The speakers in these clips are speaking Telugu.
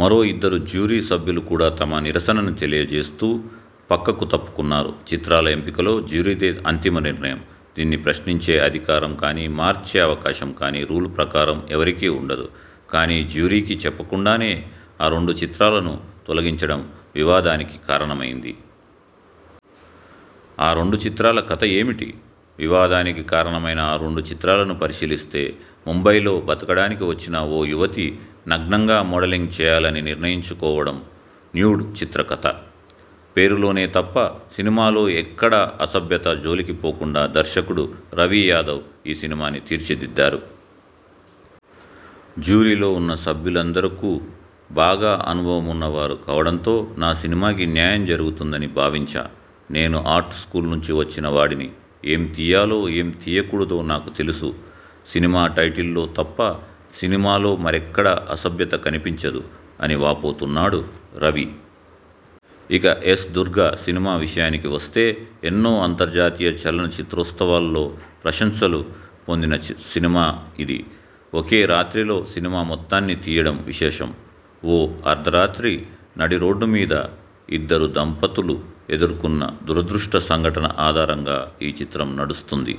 మరో ఇద్దరు జ్యూరీ సభ్యులు కూడా తమ నిరసనని తెలియచేస్తూ పక్కకు తప్పుకొన్నారు. చిత్రాల ఎంపికలో జ్యూరీదే అంతిమ నిర్ణయం. దీనిని ప్రశ్నించే అధికారం కానీ, మార్చే అవకాశం కానీ రూల్ ప్రకారం ఎవరికీ ఉండదు. కానీ జ్యూరీకి చెప్పకుండానే ఆ రెండు చిత్రాలను తొలగించడం వివాదానికి కారణమైంది. ఆ రెండు చిత్రాల కథ ఏమిటి? వివాదానికి కారణమైన ఆ రెండు చిత్రాలను పరిశీలిస్తే ముంబైలో బతకడానికి వచ్చిన ఓ యువతి నగ్నంగా మోడలింగ్ చేయాలని నిర్ణయించుకోవడం 'న్యూడ్' చిత్ర కథ. పేరులోనే తప్ప సినిమాలో ఎక్కడా అసభ్యత జోలికి పోకుండా దర్శకుడు రవి యాదవ్ ఈ సినిమాని తీర్చిదిద్దారు. ' జ్యూరీలో ఉన్న సభ్యులందరకూ బాగా అనుభవమున్న వారు కావడంతో నా సినిమాకి న్యాయం జరుగుతుందని భావించా. నేను ఆర్ట్ స్యూల్ నుంచి వచ్చిన వాడిని. ఏం తీయాలో ఏం తియ్యకూడదో నాకు తెలుసు. సినిమా టైటిల్లో తప్ప సినిమాలో మరెక్కడా అసభ్యత కనిపించదు. ' అని వాపోతున్నాడు రవి. ఇక 'ఎస్. దుర్గ' సినిమా విషయానికి వస్తే ఎన్నో అంతర్జాతీయ చలనచిత్రోత్సవాల్లో ప్రశంసలు పొందిన సినిమా ఇది. ఒకే రాత్రిలో సినిమా మొత్తాన్ని తీయడం విశేషం. ఓ అర్థరాత్రి నడి రోడ్డు మీద ఇద్దరు దంపతులు ఎదుర్కొన్న దురదృష్ట సంఘటన ఆధారంగా ఈ చిత్రం నడుస్తుంది.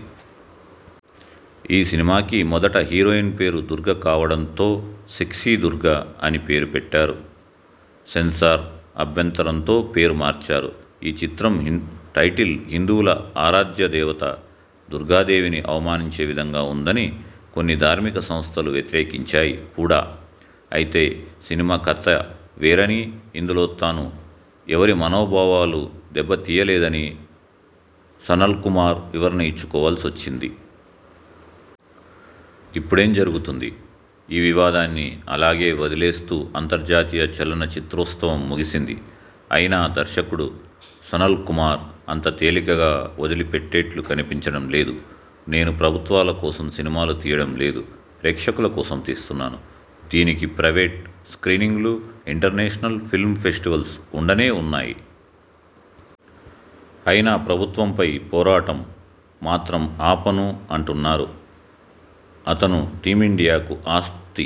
ఈ సినిమాకి మొదట హీరోయిన్ పేరు దుర్గ కావడంతో 'సెక్సీ దుర్గ' అని పేరు పెట్టారు. సెన్సార్ అభ్యంతరంతో పేరు మార్చారు. ఈ చిత్రం టైటిల్ హిందువుల ఆరాధ్య దేవత దుర్గాదేవిని అవమానించే విధంగా ఉందని కొన్ని ధార్మిక సంస్థలు వ్యతిరేకించాయి కూడా. అయితే సినిమా కథ వేరనీ, ఇందులో తను ఎవరి మనోభావాలు దెబ్బతీయలేదని సనల్కుమార్ వివరణ ఇచ్చుకోవాల్సి వచ్చింది. ఇప్పుడేం జరుగుతుంది? ఈ వివాదాన్ని అలాగే వదిలేస్తూ అంతర్జాతీయ చలనచిత్రోత్సవం ముగిసింది. అయినా దర్శకుడు సనల్కుమార్ అంత తేలికగా వదిలిపెట్టేట్లు కనిపించడం లేదు. నేను ప్రభుత్వాల కోసం సినిమాలు తీయడం లేదు. ప్రేక్షకుల కోసం తీస్తున్నాను. దీనికి ప్రైవేట్ స్ర్కీనింగులు, ఇంటర్నేషనల్ ఫిల్మ్ ఫెస్టివల్స్ ఉండనే ఉన్నాయి. అయినా ప్రభుత్వంపై పోరాటం మాత్రం ఆపను' అంటున్నారు. 'అతను టీమిండియాకు ఆస్తి.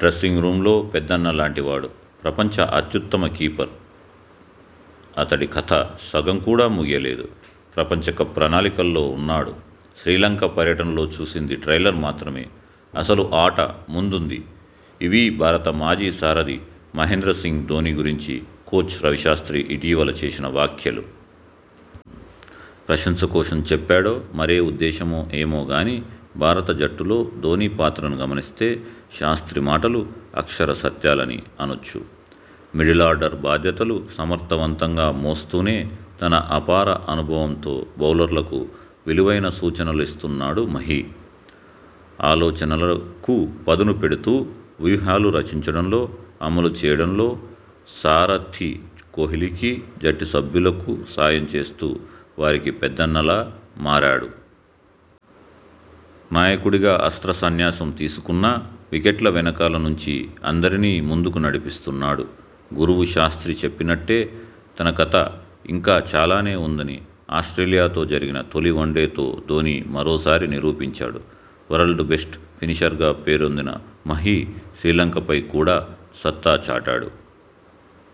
డ్రెస్సింగ్ రూమ్లో పెద్దన్నలాంటి వాడు. ప్రపంచ అత్యుత్తమ కీపర్! అతడి కథ సగం కూడా ముగియలేదు. ప్రపంచ కప్ ప్రణాళికల్లో ఉన్నాడు. శ్రీలంక పర్యటనలో చూసింది ట్రైలర్ మాత్రమే ఆసలు ఆట ముందుంది' ఇవీ భారత మాజీ సారథి మహేంద్రసింగ్ ధోనీ గురించి కోచ్ రవిశాస్ర్తి ఇటీవల చేసిన వ్యాఖ్యలు! ప్రశంసకోసం చెప్పాడో మరే ఉద్దేశమో ఏమో గానీ భారత జట్టులో ధోనీ పాత్రను గమనిస్తే శాస్ర్తి మాటలు అక్షర సత్యాలని అనొచ్చు! మిడిలార్డర్ బాధ్యతలు సమర్థవంతంగా మోస్తూనే తన అపార అనుభవంతో బౌలర్లకు విలువైన సూచనలిస్తున్నాడు మహీ! ఆలోచనలకు పదును పెడుతూ వ్యూహాలు రచించడంలో అమలు చేయడంలో సారథి కోహ్లీకి, జట్టు సభ్యులకు సాయం చేస్తూ వారికి పెద్దన్నలా మారాడు! నాయకుడిగా అస్త్రసన్యాసం తీసుకున్నా వికెట్ల వెనకాల నుంచి అందరినీ ముందుకు నడిపిస్తున్నాడు! గురువు శాస్ర్తి చెప్పినట్టే తన కథ ఇంకా చాలానే ఉందని ఆస్ట్రేలియాతో జరిగిన తొలి వన్డేతో ధోనీ మరోసారి నిరూపించాడు. వరల్డ్ బెస్ట్ ఫినిషర్గా పేరొందిన మహీ శ్రీలంకపై కూడా సత్తా చాటాడు.